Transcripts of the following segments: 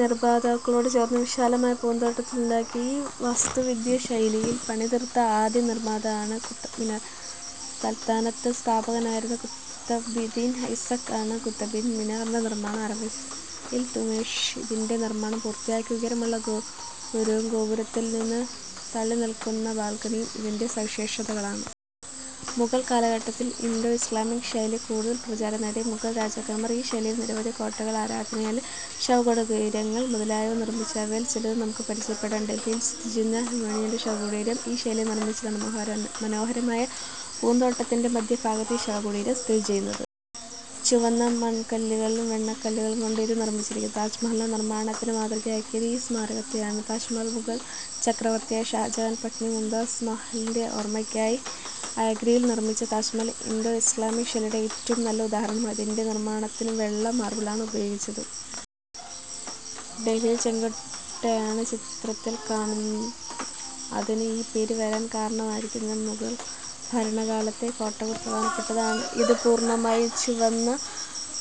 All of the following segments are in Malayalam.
നിർമാതാകളോടു ചേർന്ന് വിശാലമായ പൂന്തോട്ടങ്ങളുണ്ടാക്കി. ഈ വാസ്തുവിദ്യാ ശൈലിയിൽ പണിതീർത്ത ആദ്യ നിർമ്മിതിയാണ് കുത്ത്ബ് മിനാർ. സൽത്തനത്ത് സ്ഥാപകനായിരുന്ന കുത്തുബുദ്ദീൻ ഐബക് ആണ് കുത്ത്ബ് മിനാറിന്റെ നിർമാണം ആരംഭിച്ചത്. ഇൽതുത്മിഷ് ഇതിന്റെ നിർമാണം പൂർത്തിയാക്കി. ഉയരമുള്ള ഗോപുരവും ഗോപുരത്തിൽ നിന്ന് തള്ളിനിൽക്കുന്ന ബാൽക്കണികളും ഇതിന്റെ സവിശേഷതകളാണ്. മുഗൾ കാലഘട്ടത്തിൽ ഇൻഡോ-ഇസ്ലാമിക് ശൈലി കൂടുതൽ പ്രചാരം നേടി. മുഗൾ രാജാക്കന്മാർ ഈ ശൈലിയിൽ നിരവധി കോട്ടകൾ, ആരാധനാലയങ്ങൾ, ശവകുടീരങ്ങൾ മുതലായവ നിർമിച്ചു. അവയിൽ ചിലത് നമുക്ക് പരിചയപ്പെടാം. ഡൽഹിയിൽ സ്ഥിതിചെയ്യുന്ന ഹുമയൂണിന്റെ ശവകുടീരം ഈ ശൈലിയിൽ നിർമിച്ചതാണ്. മനോഹരമായ പൂന്തോട്ടത്തിന്റെ മധ്യ ഭാഗത്താണ് ഈ ശവകുടീരം സ്ഥിതി ചെയ്യുന്നത്. ചുവന്ന മണൽക്കല്ലും വെണ്ണക്കല്ലും കൊണ്ടാണ് ഇത് നിർമിച്ചിരിക്കുന്നത്. താജ്മഹലിന്റെ നിർമാണത്തിന് മാതൃകയാക്കിയത് ഈ സ്മാരകത്തെയാണ്. താജ്മഹൽ മുഗൾ ചക്രവർത്തിയായ ഷാജഹാൻ പത്നി മുംതാസ് മഹലിന്റെ ഓർമയ്ക്കായി ആഗ്രയിൽ നിർമിച്ച താജ്മഹൽ ഇൻഡോ- ഇസ്ലാമിക് ശൈലിയുടെ ഏറ്റവും നല്ല ഉദാഹരണമാണ്. ഇതിന്റെ നിർമാണത്തിന് വെള്ള മാർബിളാണ് ഉപയോഗിച്ചത്. ഡൽഹിയിലെ ചെങ്കോട്ടയാണ് ചിത്രത്തിൽ കാണുന്നത്. അതിന് ഈ പേരു വരാൻ കാരണമെന്തായിരിക്കും? മുഗൾഭരണകാലത്തെ കോട്ടകളിൽ പ്രധാനപ്പെട്ടതാണ് ഇത്. പൂർണമായും ചുവന്ന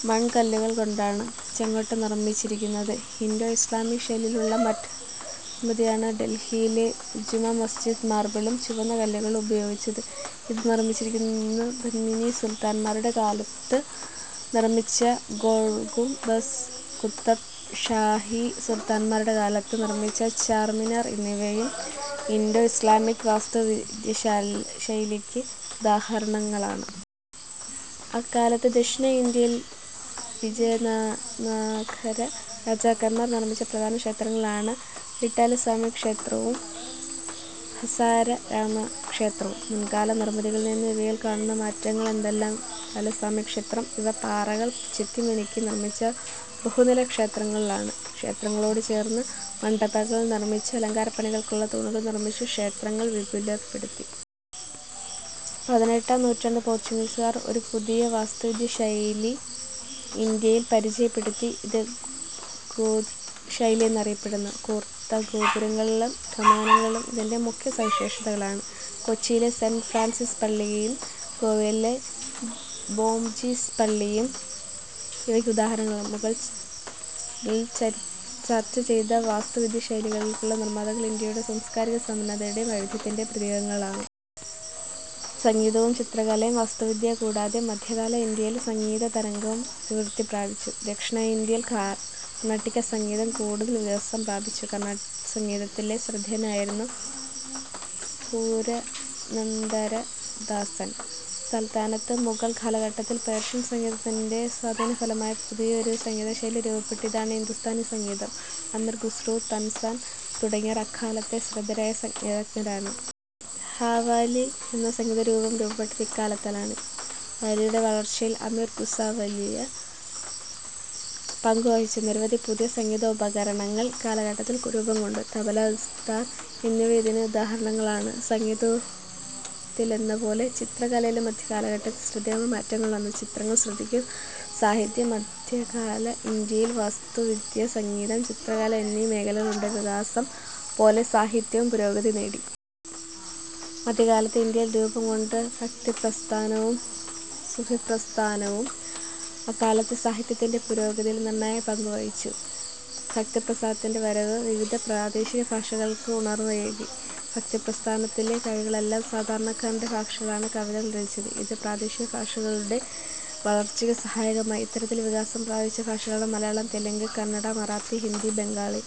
മണൽക്കല്ലുകൾ കൊണ്ടാണ് ചെങ്കോട്ട നിർമിച്ചിരിക്കുന്നത്. ഇൻഡോ-ഇസ്ലാമിക് ശൈലിയിലുള്ള മറ്റൊരു നിർമിതിയാണ് ഡൽഹിയിലെ ജുമാമസ്ജിദ്. മാർബിളും ചുവന്നകല്ലുകളും ഉപയോഗിച്ചാണ് ഇത് നിർമിച്ചിരിക്കുന്നത്. ബാഹ്മിനി സുൽത്താന്മാരുടെ കാലത്ത് നിർമിച്ച ഗോൾഗുംബസ് കുത്തബ് ഷാഹി സുൽത്താന്മാരുടെ കാലത്ത് നിർമിച്ച ചാർമിനാർ എന്നിവയും ഇൻഡോ ഇസ്ലാമിക് വാസ്തുവിദ്യാശൈലിക്ക് ഉദാഹരണങ്ങളാണ്. അക്കാലത്ത് ദക്ഷിണേന്ത്യയിൽ വിജയനഗര രാജാക്കന്മാർ നിർമിച്ച പ്രധാന ക്ഷേത്രങ്ങളാണ് വിട്ടലസ്വാമിക്ഷേത്രവും ഹസാരരാമക്ഷേ ത്രവും. മുൻകാല നിർമിതികളിൽ നിന്നു ഇവയിൽ കാണുന്ന മാറ്റ ങ്ങൾ എന്തെല്ലാം? വിട്ടലസ്വാമിക്ഷേത്രം ഇവ പാറകൾ ചെത്തിമിനുക്കി നിർമിച്ച ബഹുനില ക്ഷേത്രങ്ങളാണ്. ക്ഷേത്രങ്ങളോടു ചേർന്ന് മണ്ഡപങ്ങൾ നിർമിച്ചു. അലങ്കാരപ്പണികളുള്ള തൂണുകൾ നിർമിച്ചു. ക്ഷേത്രങ്ങൾ വിപുലപ്പെടുത്തി. പതിനാറാം നൂറ്റാണ്ടിൽ പോർച്ചുഗീസുകാർ ഒരു പുതിയ വാസ്തുവിദ്യാശൈലി ഇന്ത്യയിൽ പരിചയപ്പെടുത്തി. ഇത് ഗോഥിക് ശൈലി എന്നറിയപ്പെടുന്നു. കൂർത്ത ഗോപുരങ്ങളും കമാനങ്ങളും ഇതിന്റെ മുഖ്യ സവിശേഷതകളാണ്. കൊച്ചിയിലെ സെന്റ് ഫ്രാൻസിസ് പള്ളിയും ഗോവയിലെ ബോംജീസസ് പള്ളിയും ഇവയ്ക്ക് ഉദാഹരണങ്ങളാണ്. മുകളിൽ ചർച്ച ചെയ്ത വാസ്തുവിദ്യാശൈലികളിലുള്ള നിർമിതികൾ ഇന്ത്യയുടെ സാംസ്കാരിക സമ്പന്നതയുടെയും വൈവിധ്യത്തിന്റെയും പ്രതീകങ്ങളാണ്. സംഗീതവും ചിത്രകലയും വാസ്തുവിദ്യ കൂടാതെ മധ്യകാല ഇന്ത്യയിൽ സംഗീതരംഗവും അഭിവൃദ്ധി പ്രാപിച്ചു. ദക്ഷിണേന്ത്യയിൽ കർണാടകസംഗീതം കൂടുതൽ വികാസം പ്രാപിച്ചു. കർണാടകസംഗീതത്തിലെ ശ്രദ്ധേയനായിരുന്നു പുരന്ദരദാസൻ. സൽത്തനത്ത് മുഗൾ കാലഘട്ടത്തിൽ പേർഷ്യൻ സംഗീതത്തിന്റെ സ്വാധീനഫലമായി പുതിയൊരു സംഗീതശൈലി രൂപപ്പെട്ടു. ഇതാണ് ഹിന്ദുസ്ഥാനിസംഗീതം. അമിർ ഖുസ്രു, താൻസൻ തുടങ്ങിയവർ അക്കാലത്തെ ശ്രദ്ധേയരായ സംഗീതജ്ഞരാണ്. ഖവ്വാലി എന്ന സംഗീതരൂപം രൂപപ്പെട്ടത് ഇക്കാലത്താണ്. ഖവ്വാലിയുടെ വളർച്ചയിൽ അമീർ ഖുസ വലിയ പങ്കുവഹിച്ചു. നിരവധി പുതിയ സംഗീതോപകരണങ്ങൾ ഇക്കാലഘട്ടത്തിൽ രൂപംകൊണ്ടു. തബല, സിതാർ എന്നിവ ഇതിനു ദാഹരണങ്ങളാണ്. സംഗീതത്തിലെന്നപോലെ ചിത്ര കലയിലും മധ്യകാലഘട്ടത്തിൽ ശ്രദ്ധേയമായ മാറ്റങ്ങൾ വന്നു. ചിത്രങ്ങൾ ശ്രദ്ധിക്കൂ... സാഹിത്യം മധ്യകാല ഇന്ത്യയിൽ വാസ്തു വിദ്യ, സംഗീതം, ചിത്രകല എന്നീ മേഖലകളിലുണ്ടായ വികാസം പോലെ സാഹിത്യവും പുരോഗതി നേടി. മധ്യകാലത്ത് ഇന്ത്യയിൽ രൂപം കൊണ്ട് ഭക്തിപ്രസ്ഥാനവും സൂഫി പ്രസ്ഥാനവും അക്കാലത്തെ സാഹിത്യത്തിന്റെ പുരോഗതിയിൽ നിർണായകമായ പങ്കു വഹിച്ചു. ഭക്തിപ്രസ്ഥാനത്തിന്റെ വരവ് വിവിധ പ്രാദേശികഭാഷകൾക്ക് ഉണർവേകി. ഭക്തിപ്രസ്ഥാനത്തിലെ കവികളെല്ലാം സാധാരണക്കാരന്റെ ഭാഷയിലാണ് കവിതകൾ രചിച്ചത്. ഇത് പ്രാദേശികഭാഷകളുടെ വളർച്ചയ്ക്ക് സഹായകമായി. ഇത്തരത്തിൽ വികാസം പ്രാപിച്ച ഭാഷകളാണ് മലയാളം, തെലുങ്ക്, കന്നഡ, മറാത്തി, ഹിന്ദി, ബംഗാളി.